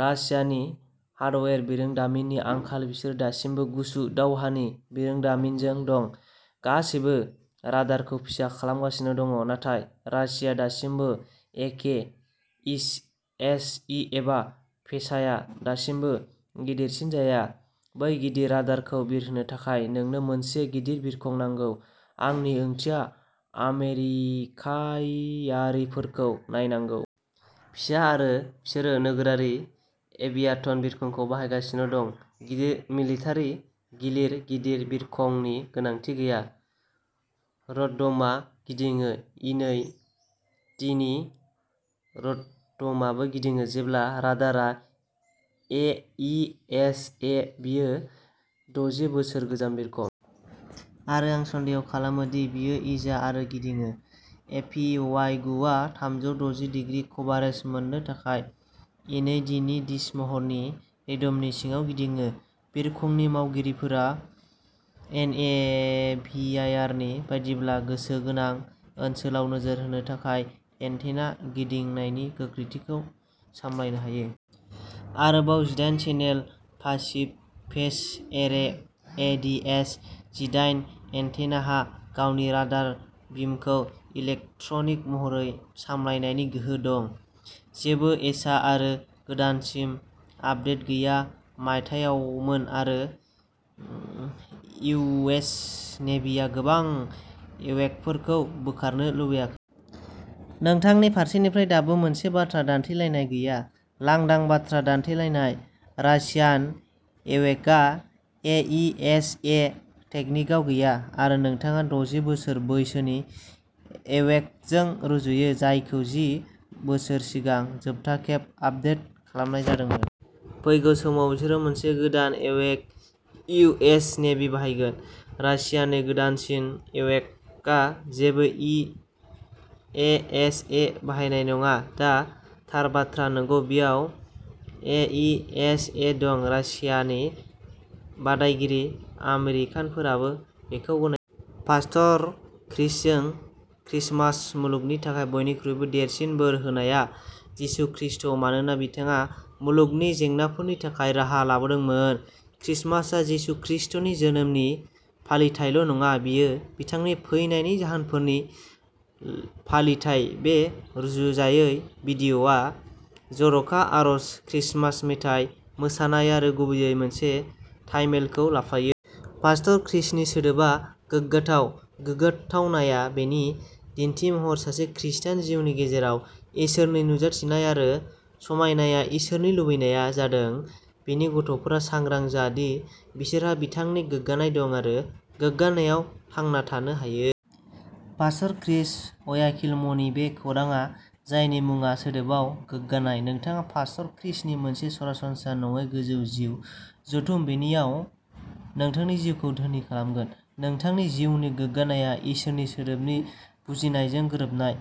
रासियानि हार्डवेर, बिरोंदामिननि आंखालाव बिसोर दासिमबो गुसु दावहानि बिरोंदामिनजों दं। गासैबो राडारखौ फिसा खालामगासिनो दं नाथाय रासिया दासिमबो एखे, इस एस इ एबा पेसाया दासिमबो गिदिरसिन जाया। बै गिदिर राडारखौ बिरहोनो थाखाय नोंनो मोनसे गिदिर बिरखं नांगौ, आंनि ओंथिया आमेरिकायारिफोरखौ नायनांगौ। फिसा आरो बिसोरो नोगोरारि एभियाटन बिरखंखौ बाहायगासिनो दं। गिदिर मिलिटारि गिलिर गिदिर बिरखंनि गोनांथि गैया। र'ट'ड'मआ गिदिङो। इ नै डिनि रटडमाबो गिदिङो जेब्ला राडारआ ए इ एस ए। बेयो दजि बोसोर गोजाम बिरखं। आरो आं सन्देह खालामो दि बेयो इजा आरो गिदिङो। ए पि वाइ गु आ थामजौ दजि दिग्रि कभारेज मोननो थाखाय इ नै डिनि डिश महरनि रेड'मनि सिङाव गिदिङो, बिरखंनि मावगिरिफोरा एनएभिएआइआरनि बायदिब्ला गोसो गोनां ओनसोलाव नोजोर होनो थाखाय एन्टेना गिदिंनायनि गोख्रैथिखौ सामलायनो हायो। आरोबाव, जिदाइन channel passive phase array A D S जिदाइन एन्टेनाहा गावनि राडार बिमखौ इलेक्ट्रनिक महरै सालायनायनि गोहो दं। जेबो एसा आरो गोदानसिन आपदेट गैया। मायथाइयावमोन, आरो उ इउएस नेभिआ गोबां एवेकफोरखौ बोखारनो लुबैया। नोंथांनि फारसेनिफ्राय दाबो मोनसे बाथ्रा दान्थेलायनाय गैया, लांदां बाथ्रा दान्थेलायनाय। रासियान एवेकआ ए इ एस ए टेकनिकआव गैया आरो नोंथाङा दजि बोसोर बैसोनि एवेकजों रुजुयो, जायखौ जि बोसोर सिगां जोबथा खेब आपदेट खालामनाय जादोंमोन। फैगौ समाव बिसोरो मोनसे गोदान एवेक इउ एस नेभि बाहायगोन। रासियानि गोदानसिन एवेकआ जेबो इ ए एस ए बाहायनाय नङा, दा थार बाथ्रा। नंगौ, बेयाव ए इ एस ए दं। रासियानि बादायगिरि आमेरिकानफोराबो बेखौ गनायो। पास्टर क्रिसजों क्रिसमास। मुलुगनि थाखाय बयनिख्रुइबो देरसिन बोर होनायआ जिसु क्रिस्ट मानोना बिथाङा मुलुगनि जेंनाफोरनि थाखाय राहा लाबोदोंमोन। क्रिसमासआ जिसु क्रिस्टनि जोनोमनि फालिथायल'नङा बेयो बिथांनि फैनायनि जाहोनफोरनि फालिथाय। बे रुजुजायै भिडिय'आ जर'खा आरज, क्रिसमास मेथाइ, मोसानाय आरो गुबैयै मोनसे टाइमेलखौ लाफायो। पास्टर क्रिसनि सोदोबआव गोग्गाथाव। गोग्गाथावनाया बेनि दिन्थिमहर। सासे ख्रिस्टान जिउनि गेजेराव इसोरनि नुजाथिनाय आरो समायनाया। इसोरनि लुबैनाया जादों बिनि गथ'फोरा सांग्रां जा दि बिसोरहा बिथांनि गोग्गानाय दं आरो बै गोग्गानायआव थांना थानो हायो। पास्टर क्रिस अयाखिल'मनि बे खौरांआव जायनि मुङा सोदोबआव गोग्गानाय, नोंथाङा पास्टर क्रिसनि मोनसे सरासनस्रा नङै गोजौ जिउ जथुम बेनिनाव नोंथांनि जिउखौ धोनि खालामगोन। नोंथांनि जिउनि गोग्गानायआ इसोरनि सोदोबनि बुजिनायजों गोरोबनाय।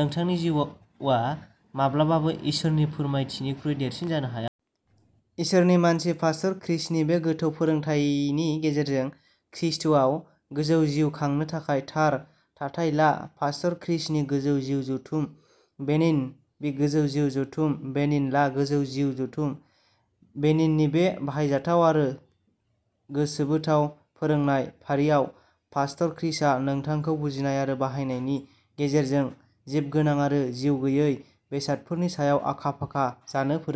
नोंथांनि जिउआ माब्लाबाबो इसोरनि फोरमायथिनिख्रुइ देरसिन जानो हाया। इसोरनि मानसि पास्टर क्रिसनि बे गोथौ फोरोंथायनि गेजेरजों ख्रिस्ट’आव गोजौ जिउ खांनो थाखाय थार थाथाय ला। पास्टर क्रिसनि गोजौ जिउ जथुम बेनिन बि गोजौ जिउ जथुम बेनिन ला। गोजौ जिउ जथुम बेनिननि बे बाहायजाथाव आरो गोसोबोथाव फोरोंनाय फारिआव, पास्टर क्रिसआ नोंथांखौ बुजिनाय आरो बाहायनायनि गेजेरजों जिबगोनां आरो जिउगैयै बेसादफोरनि सायाव आखा-फाखा जानो फोरोङो।